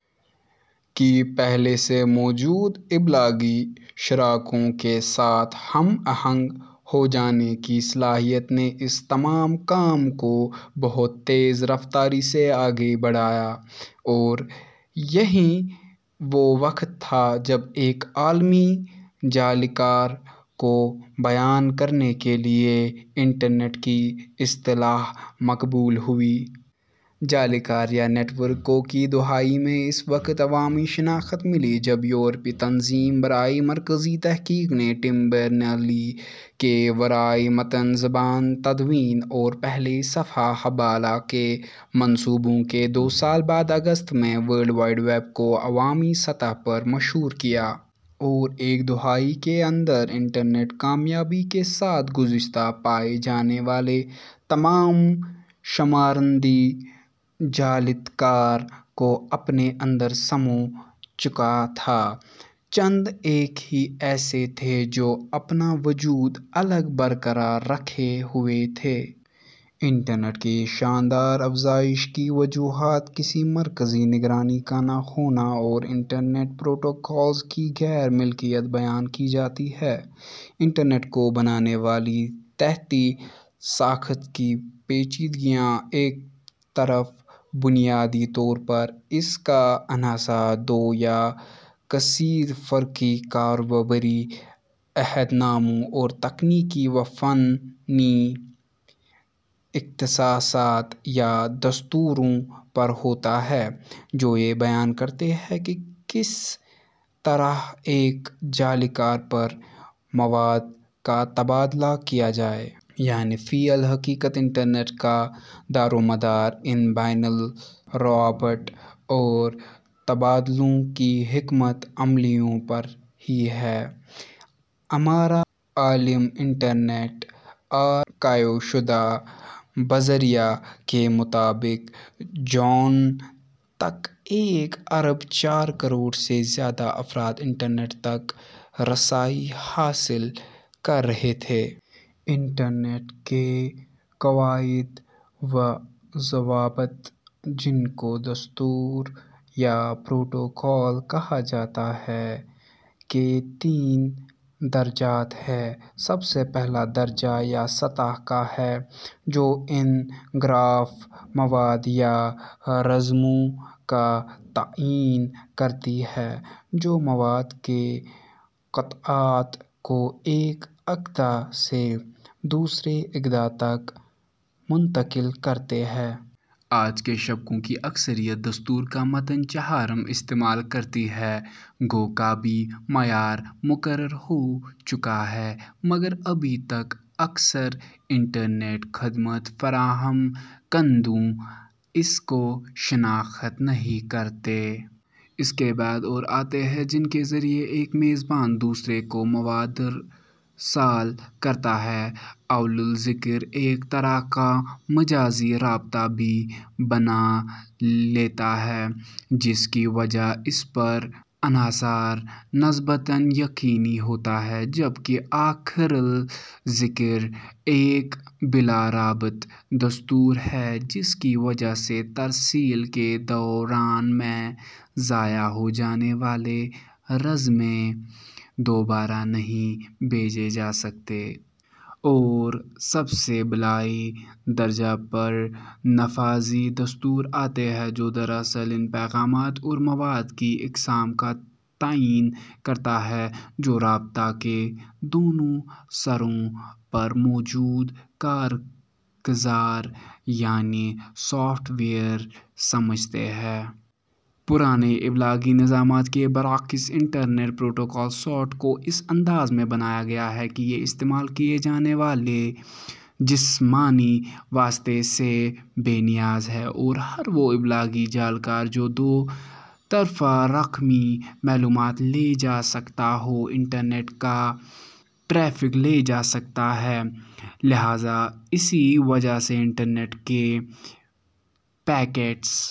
/ کی پہلے سے موجود ابلاغی شراکوں کے ساتھ ہم آہنگ ہوجانے کی صلاحیت نے اس تمام کام کو بہت تیز رفتاری سے آگے بڑھایا۔ اور یہی وہ وقت تھا جب ایک عالمی / جالِکار کو بیان کرنے کے لیے انٹرنیٹ کی اصطلاح مقبول ہوئی۔ جالِکار یا نیٹ ورک کو ء کی دہائی میں اس وقت عوامی شناخت ملی جب یورپی تنظیم برائے مرکزی تحقیق نے ٹـم بیرنر لی کے ورائےمتن زبان تدوین ، اور پہلے صفحہ حبالہ کے منصوبوں کے دو سال بعد اگست ء میں ورلـڈ وائـڈ ویـب کو عوامی سطح پر مشہور کیا۔ اور ایک دہائی کے اندر انٹرنیٹ کامیابی کے ساتھ گذشتہ پائے جانے والے تمام شمارندی جالاتِکار کو اپنے اندر سمو چکا تھا۔ چند ایک ہی ایسے تھے جو اپنا وجود الگ برقرار رکھے ہوئے تھے۔ انٹرنیٹ کی اس شاندار افزائش کی وجوہات، کسی مرکزی نگرانی کا نہ ہونا اور انٹرنیٹ پروٹوکولز کی غیر ملکیت بیان کی جاتی ہے۔ انٹرنیٹ کو بنانے والی تحتی ساخت کی پیچیدگیاں ایک طرف، بنیادی طور پر اِس کا انحصار دو یا کثیرفرقی کاروباری عہدناموں اور تکنیکی و فنی اختصاصات یا دستوروں پر ہوتا ہے جو یہ بیان کرتے ہیں کہ کس طرح ایک جالِکار پر مواد کا تبادلہ کیا جائے۔ یعنی فی الحقیقت، انٹرنیٹ کا دارومدار ان بین الروابط اور تبادلوں کی حکمت عملیوں پر ہی ہے۔ امارہ عالم انٹرنیٹ آرکائیو شدہ بذریعہ. کے مطابق جون ء تک ایک ارب چار کروڑ سے زائد افراد انٹرنیٹ تک رسائی حاصل کر رہے تھے۔ انٹرنیٹ کے قواعد و ضوابط، جن کو دستور یا پروٹوکول کہا جاتا ہے کے تین درجات ہیں: سب سے پہلا درجہ یا سطح کا ہے جو ان گراف مواد یا رزموں کا تعین کرتی ہے جو مواد کے قطعات کو ایک عقدہ سے دوسرے عقدہ تک منتقل کرتے ہیں۔ آج کے شبکوں کی اکثریت دستور کا متن چہارم استعمال کرتی ہے۔ گو کا بھی معیار مقرر ہو چکا ہے مگر ابھی تک اکثر انٹرنیٹ خدمت فراہم کنندہ اس کو شناخت نہیں کرتے۔ اس کے بعد اور آتے ہیں جن کے ذریعہ ایک میزبان دوسرے کو مواد ارسال کرتا ہے۔ اول الذکر ایک طرح کا مجازی رابطہ بھی بنالیتا ہے جس کی وجہ اس پر انحصار نسبتاً یقینی ہوتا ہے جبکہ آخر الذکر ایک بلا رابط دستور ہے جس کی وجہ سے ترسیل کے دوران میں ضائع ہوجانے والے رزمے دوبارہ نہیں بھیجے جا سکتے۔ اور سب سے بالائی درجہ پر نفاذی دستور آتے ہیں جو دراصل ان پیغامات اور مواد کی اقسام کا تعین کرتا ہے جو رابطہ کے دونوں سروں پر موجود کارگزار یعنی سوفٹ ویئر سمجھتے ہیں۔ پرانے ابلاغی نظامات کے برعکس انٹرنیٹ پروٹوکول سوٹ کو اس انداز میں بنایا گیا ہے کہ یہ استعمال کیے جانے والے جسمانی واسطے سے بے نیاز ہے اور ہر وہ ابلاغی جالکار جو دو طرفہ رقمی معلومات لے جا سکتا ہو انٹرنیٹ کا ٹریفیک لے جا سکتا ہے۔ لہذا اسی وجہ سے انٹرنیٹ کے پیکیٹس ؛